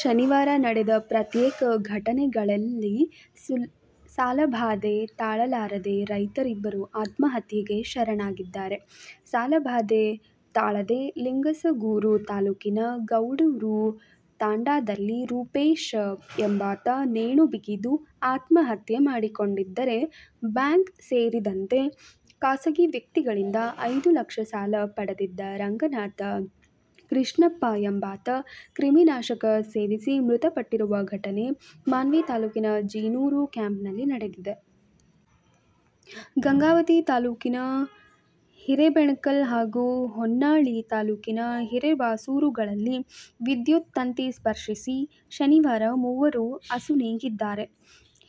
ಶನಿವಾರ ನಡೆದ ಪ್ರತ್ಯೇಕ ಘಟನೆಗಳಲ್ಲಿ ಸಾಲಬಾಧೆ ತಾಳಲಾರದೇ ರೈತರಿಬ್ಬರು ಆತ್ಮಹತ್ಯೆಗೆ ಶರಣಾಗಿದ್ದಾರೆ. ಸಾಲಬಾಧೆ ತಾಳದೆ ಲಿಂಗಸಗೂರು ತಾಲೂಕಿನ ಗೌಡೂರು ತಾಂಡಾದಲ್ಲಿ ರೂಪೇಶ ಎಂಬಾತ ನೇಣು ಬಿಗಿದು ಆತ್ಮಹತ್ಯೆ ಮಾಡಿಕೊಂಡಿದ್ದರೆ, ಬ್ಯಾಂಕ್ ಸೇರಿದಂತೆ ಖಾಸಗಿ ವ್ಯಕ್ತಿಗಳಿಂದ ಐದು ಲಕ್ಷ ಸಾಲ ಪಡೆದಿದ್ದ ರಂಗನಾಥ ಕೃಷ್ಣಪ್ಪ ಎಂಬಾತ ಕ್ರಿಮಿನಾಶಕ ಸೇವಿಸಿ ಮೃತಪಟ್ಟಿರುವ ಘಟನೆ ಮಾನ್ವಿ ತಾಲೂಕಿನ ಜೀನೂರು ಕ್ಯಾಂಪ್ನಲ್ಲಿ ನಡೆದಿದೆ. ಗಂಗಾವತಿ ತಾಲೂಕಿನ ಹಿರೇಬೆಣಕಲ್ ಹಾಗೂ ಹೊನ್ನಾಳಿ ತಾಲೂಕಿನ ಹಿರೇಬಾಸೂರುಗಳಲ್ಲಿ ವಿದ್ಯುತ್ ತಂತಿ ಸ್ಪರ್ಶಿಸಿ ಶನಿವಾರ ಮೂವರು ಅಸುನೀಗಿದ್ದಾರೆ.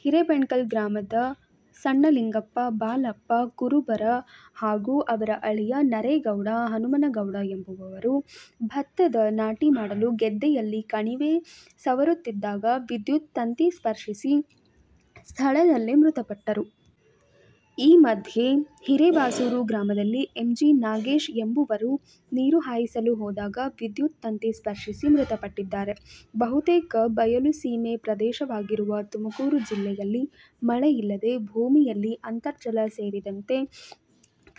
ಹಿರೇಬೆಣಕಲ್ ಗ್ರಾಮದ ಸಣ್ಣಲಿಂಗಪ್ಪ, ಬಾಲಪ್ಪ ಕುರುಬರ ಹಾಗೂ ಅವರ ಅಳಿಯ ನರೇಗೌಡ ಹನುಮನಗೌಡ ಎಂಬುವರು ಭತ್ತದ ನಾಟಿ ಮಾಡಲು ಗದ್ದೆಯಲ್ಲಿ ಕಣಿವೆ ಸವರುತ್ತಿದ್ದಾಗ ವಿದ್ಯುತ್ ತಂತಿ ಸ್ಪರ್ಶಿಸಿ, ಸ್ಥಳದಲ್ಲೇ ಮೃತಪಟ್ಟರು. ಈ ಮಧ್ಯೆ, ಹಿರೇಬಾಸೂರು ಗ್ರಾಮದಲ್ಲಿ ಎಂ. ಜಿ. ನಾಗೇಶ್ ಎಂಬುವರು ನೀರು ಹಾಯಿಸಲು ಹೋದಾಗ ವಿದ್ಯುತ್ ತಂತಿ ಸ್ಪರ್ಶಿಸಿ ಮೃತಪಟ್ಟಿದ್ದಾರೆ. ಬಹುತೇಕ ಬಯಲುಸೀಮೆ ಪ್ರದೇಶವಾಗಿರುವ ತುಮಕೂರು ಜಿಲ್ಲೆಯಲ್ಲಿ ಮಳೆಯಿಲ್ಲದೆ ಭೂಮಿಯಲ್ಲಿ ಅಂತರ್ಜಲ ಸೇರಿದಂತೆ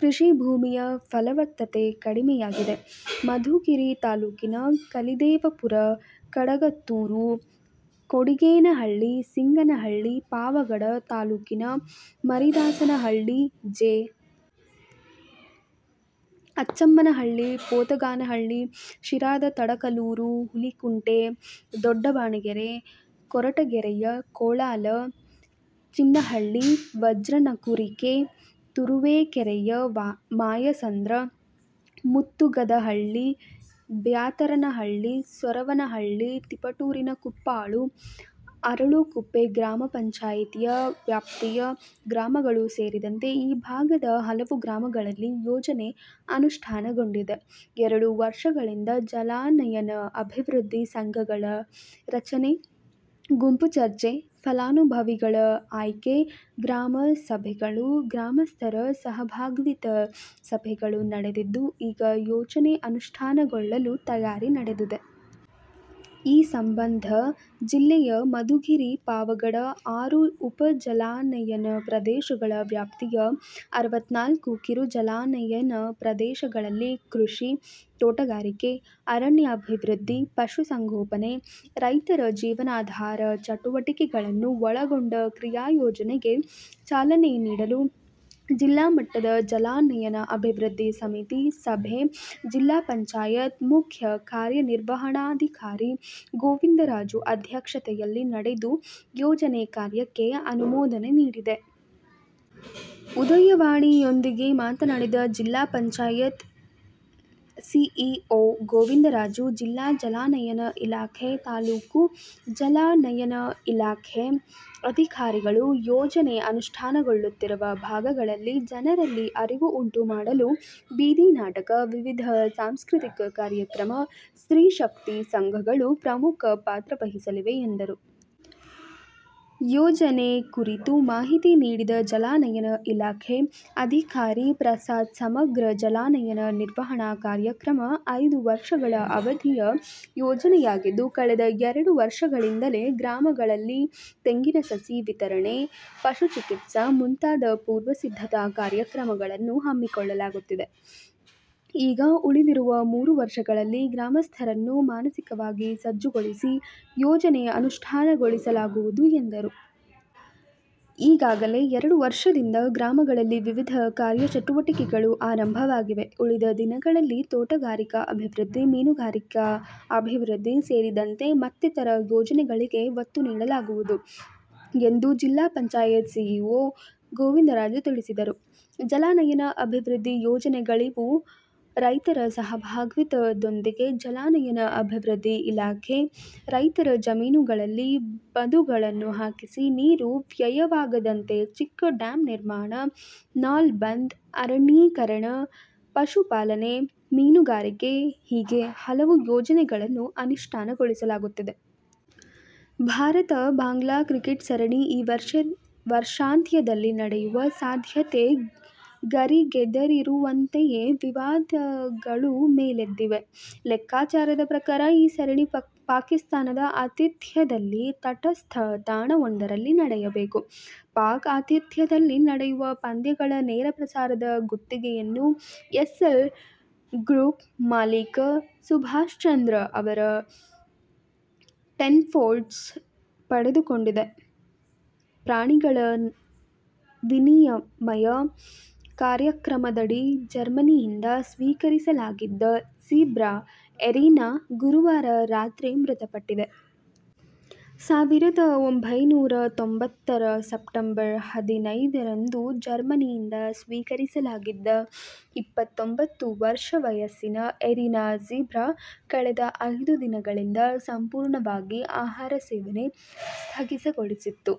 ಕೃಷಿ ಭೂಮಿಯ ಫಲವತ್ತತೆ ಕಡಿಮೆಯಾಗಿದೆ. ಮಧುಗಿರಿ ತಾಲೂಕಿನ ಕಲಿದೇವಪುರ, ಕಡಗತ್ತೂರು, ಕೊಡಿಗೇನಹಳ್ಳಿ, ಸಿಂಗನಹಳ್ಳಿ; ಪಾವಗಡ ತಾಲೂಕಿನ ಮರಿದಾಸನಹಳ್ಳಿ, ಜೆ. ಅಚ್ಚಮ್ಮನಹಳ್ಳಿ, ಪೋತಗಾನಹಳ್ಳಿ; ಶಿರಾದ ತಡಕಲೂರು, ಹುಲಿಕುಂಟೆ, ದೊಡ್ಡಬಾಣಗೆರೆ; ಕೊರಟಗೆರೆಯ ಕೋಳಾಲ, ಚಿನ್ನಹಳ್ಳಿ, ವಜ್ರನಕುರಿಕೆ; ತುರುವೇಕೆರೆಯ ಮಾಯಸಂದ್ರ, ಮುತ್ತುಗದಹಳ್ಳಿ, ಬ್ಯಾತರನಹಳ್ಳಿ, ಸೊರವನಹಳ್ಳಿ; ತಿಪಟೂರಿನ ಕುಪ್ಪಾಳು, ಅರಳಕುಪ್ಪೆ ಗ್ರಾಪಂ ವ್ಯಾಪ್ತಿಯ ಗ್ರಾಮಗಳು ಸೇರಿದಂತೆ ಈ ಭಾಗದ ಹಲವು ಗ್ರಾಮಗಳಲ್ಲಿ ಯೋಜನೆ ಅನುಷ್ಠಾನಗೊಂಡಿದೆ. ಎರಡು ವರ್ಷಗಳಿಂದ ಜಲಾನಯನ ಅಭಿವೃದ್ಧಿ ಸಂಘಗಳ ರಚನೆ, ಗುಂಪು ಚರ್ಚೆ, ಫಲಾನುಭವಿಗಳ ಆಯ್ಕೆ ಗ್ರಾಮ ಸಭೆಗಳು, ಗ್ರಾಮಸ್ಥರ ಸಹಭಾಗಿತ್ವ ಸಭೆಗಳು ನಡೆದಿದ್ದು ಈಗ ಯೋಜನೆ ಅನುಷ್ಠಾನಗೊಳ್ಳಲು ತಯಾರಿ ನಡೆದಿದೆ. ಈ ಸಂಬಂಧ ಜಿಲ್ಲೆಯ ಮಧುಗಿರಿ, ಪಾವಗಡ, ಆರು ಉಪಜಲಾನಯನ ಪ್ರದೇಶಗಳ ವ್ಯಾಪ್ತಿಯ ಅರವತ್ನಾಲ್ಕು ಕಿರು ಜಲಾನಯನ ಪ್ರದೇಶಗಳಲ್ಲಿ ಕೃಷಿ, ತೋಟಗಾರಿಕೆ, ಅರಣ್ಯಾಭಿವೃದ್ಧಿ, ಪಶುಸಂಗೋಪನೆ, ರೈತರ ಜೀವನಾಧಾರ ಚಟುವಟಿಕೆಗಳನ್ನು ಒಳಗೊಂಡ ಕ್ರಿಯಾಯೋಜನೆಗೆ ಚಾಲನೆ ನೀಡಲು ಜಿಲ್ಲಾ ಮಟ್ಟದ ಜಲಾನಯನ ಅಭಿವೃದ್ದಿ ಸಮಿತಿ ಸಭೆ ಜಿಲ್ಲಾ ಪಂಚಾಯತ್ ಮುಖ್ಯ ಕಾರ್ಯನಿರ್ವಹಣಾಧಿಕಾರಿ ಗೋವಿಂದರಾಜು ಅಧ್ಯಕ್ಷತೆಯಲ್ಲಿ ನಡೆದು ಯೋಜನೆ ಕಾರ್ಯಕ್ಕೆ ಅನುಮೋದನೆ ನೀಡಿದೆ. ''ಉದಯವಾಣಿ''ಯೊಂದಿಗೆ ಮಾತನಾಡಿದ ಜಿಲ್ಲಾ ಪಂಚಾಯತ್ ಪಂ ಸಿಇಒ ಗೋವಿಂದರಾಜು, ಜಿಲ್ಲಾ ಜಲಾನಯನ ಇಲಾಖೆ, ತಾಲೂಕು ಜಲಾ ನಯನ ಇಲಾಖೆ ಅಧಿಕಾರಿಗಳು ಯೋಜನೆ ಅನುಷ್ಠಾನಗೊಳ್ಳುತ್ತಿರುವ ಭಾಗಗಳಲ್ಲಿ ಜನರಲ್ಲಿ ಅರಿವು ಉಂಟು ಮಾಡಲು ಬೀದಿ ನಾಟಕ, ವಿವಿಧ ಸಾಂಸ್ಕೃತಿಕ ಕಾರ್ಯಕ್ರಮ, ಸ್ತ್ರೀ ಶಕ್ತಿ ಸಂಘಗಳು ಪ್ರಮುಖ ಪಾತ್ರವಹಿಸಲಿವೆ ಎಂದರು. ಯೋಜನೆ ಕುರಿತು ಮಾಹಿತಿ ನೀಡಿದ ಜಲಾನಯನ ಇಲಾಖೆ ಅಧಿಕಾರಿ ಪ್ರಸಾದ್ ಸಮಗ್ರ ಜಲಾನಯನ ನಿರ್ವಹಣಾ ಕಾರ್ಯಕ್ರಮ ಐದು ವರ್ಷಗಳ ಅವಧಿಯ ಯೋಜನೆಯಾಗಿದ್ದು ಕಳೆದ ಎರಡು ವರ್ಷಗಳಿಂದಲೇ ಗ್ರಾಮಗಳಲ್ಲಿ ತೆಂಗಿನ ಸಸಿ ವಿತರಣೆ, ಪಶು ಚಿಕಿತ್ಸಾ ಮುಂತಾದ ಪೂರ್ವ ಸಿದ್ಧತಾ ಕಾರ್ಯಕ್ರಮಗಳನ್ನು ಹಮ್ಮಿಕೊಳ್ಳಲಾಗಿದೆ. ಈಗ ಉಳಿದಿರುವ ಮೂರು ವರ್ಷಗಳಲ್ಲಿ ಗ್ರಾಮಸ್ಥರನ್ನು ಮಾನಸಿಕವಾಗಿ ಸಜ್ಜುಗೊಳಿಸಿ ಯೋಜನೆ ಅನುಷ್ಠಾನಗೊಳಿಸಲಾಗುವುದು ಎಂದರು. ಈಗಾಗಲೇ ಎರಡು ವರ್ಷದಿಂದ ಗ್ರಾಮಗಳಲ್ಲಿ ವಿವಿಧ ಕಾರ್ಯಚಟುವಟಿಕೆಗಳು ಆರಂಭವಾಗಿದೆ. ಉಳಿದ ದಿನಗಳಲ್ಲಿ ತೋಟಗಾರಿಕಾ ಅಭಿವೃದ್ಧಿ, ಮೀನುಗಾರಿಕೆ ಅಭಿವೃದ್ಧಿ ಸೇರಿದಂತೆ ಮತ್ತಿತರ ಯೋಜನೆಗಳಿಗೆ ಒತ್ತು ನೀಡಲಾಗುವುದು ಎಂದು ಜಿಲ್ಲಾ ಪಂಚಾಯತ್ ಸಿಇಒ ಗೋವಿಂದರಾಜು ತಿಳಿಸಿದರು. ಜಲಾನಯನ ಅಭಿವೃದ್ಧಿ ಯೋಜನೆಗಳಿವು ರೈತರ ಸಹಭಾಗಿತ್ವದೊಂದಿಗೆ ಜಲಾನಯನ ಅಭಿವೃದ್ಧಿ ಇಲಾಖೆ ರೈತರ ಜಮೀನುಗಳಲ್ಲಿ ಬದುಗಳನ್ನು ಹಾಕಿಸಿ, ನೀರು ವ್ಯಯವಾಗದಂತೆ ಚಿಕ್ಕ ಡ್ಯಾಂ ನಿರ್ಮಾಣ, ನಾಲ ಬಂದ್, ಅರಣ್ಯೀಕರಣ, ಪಶುಪಾಲನೆ, ಮೀನುಗಾರಿಕೆ ಹೀಗೆ ಹಲವು ಯೋಜನೆಗಳನ್ನು ಅನುಷ್ಠಾನಗೊಳಿಸಲಾಗುತ್ತಿದೆ. ಭಾರತ-ಬಾಂಗ್ಲಾ ಕ್ರಿಕೆಟ್ ಸರಣಿ ಈ ವರ್ಷಾಂತ್ಯದಲ್ಲಿ ನಡೆಯುವ ಸಾಧ್ಯತೆ ಗರಿಗೆದರಿರುವಂತೆಯೇ ವಿವಾದಗಳೂ ಮೇಲೆದ್ದಿವೆ. ಲೆಕ್ಕಾಚಾರದ ಪ್ರಕಾರ ಈ ಸರಣಿ ಪಾಕಿಸ್ತಾನದ ಆತಿಥ್ಯದಲ್ಲಿ ತಟಸ್ಥ ತಾಣವೊಂದರಲ್ಲಿ ನಡೆಯಬೇಕು. ಪಾಕ್ ಆತಿಥ್ಯದಲ್ಲಿ ನಡೆಯುವ ಪಂದ್ಯಗಳ ನೇರಪ್ರಸಾರದ ಗುತ್ತಿಗೆಯನ್ನು ಎಸ್ಸೆಲ್ ಗ್ರೂಪ್ ಮಾಲಿಕ ಸುಭಾಷ್ಚಂದ್ರ ಅವರ ಟೆನ್ನ್ಪೋರ್ಟ್ಸ್ ಪಡೆದುಕೊಂಡಿದೆ. ಪ್ರಾಣಿಗಳ ವಿನಿಮಯ ಕಾರ್ಯಕ್ರಮದಡಿ ಜರ್ಮನಿಯಿಂದ ಸ್ವೀಕರಿಸಲಾಗಿದ್ದ ಜೀಬ್ರಾ "ಎರಿನಾ' ಗುರುವಾರ ರಾತ್ರಿ ಮೃತಪಟ್ಟಿದೆ. ಸಾವಿರದ ಒಂಭೈನೂರ ತೊಂಬತ್ತರ ಸೆಪ್ಟಂಬರ್ ಹದಿನೈದರಂದು ಜರ್ಮನಿಯಿಂದ ಸ್ವೀಕರಿಸಲಾಗಿದ್ದ ಇಪ್ಪತ್ತೊಂಬತ್ತು ವರ್ಷ ವಯಸ್ಸಿನ ಎರಿನಾ ಜೀಬ್ರಾ, ಕಳೆದ ಐದು ದಿನಗಳಿಂದ ಸಂಪೂರ್ಣವಾಗಿ ಆಹಾರ ಸೇವನೆ ಸ್ಥಗಿತಗೊಳಿಸಿತ್ತು.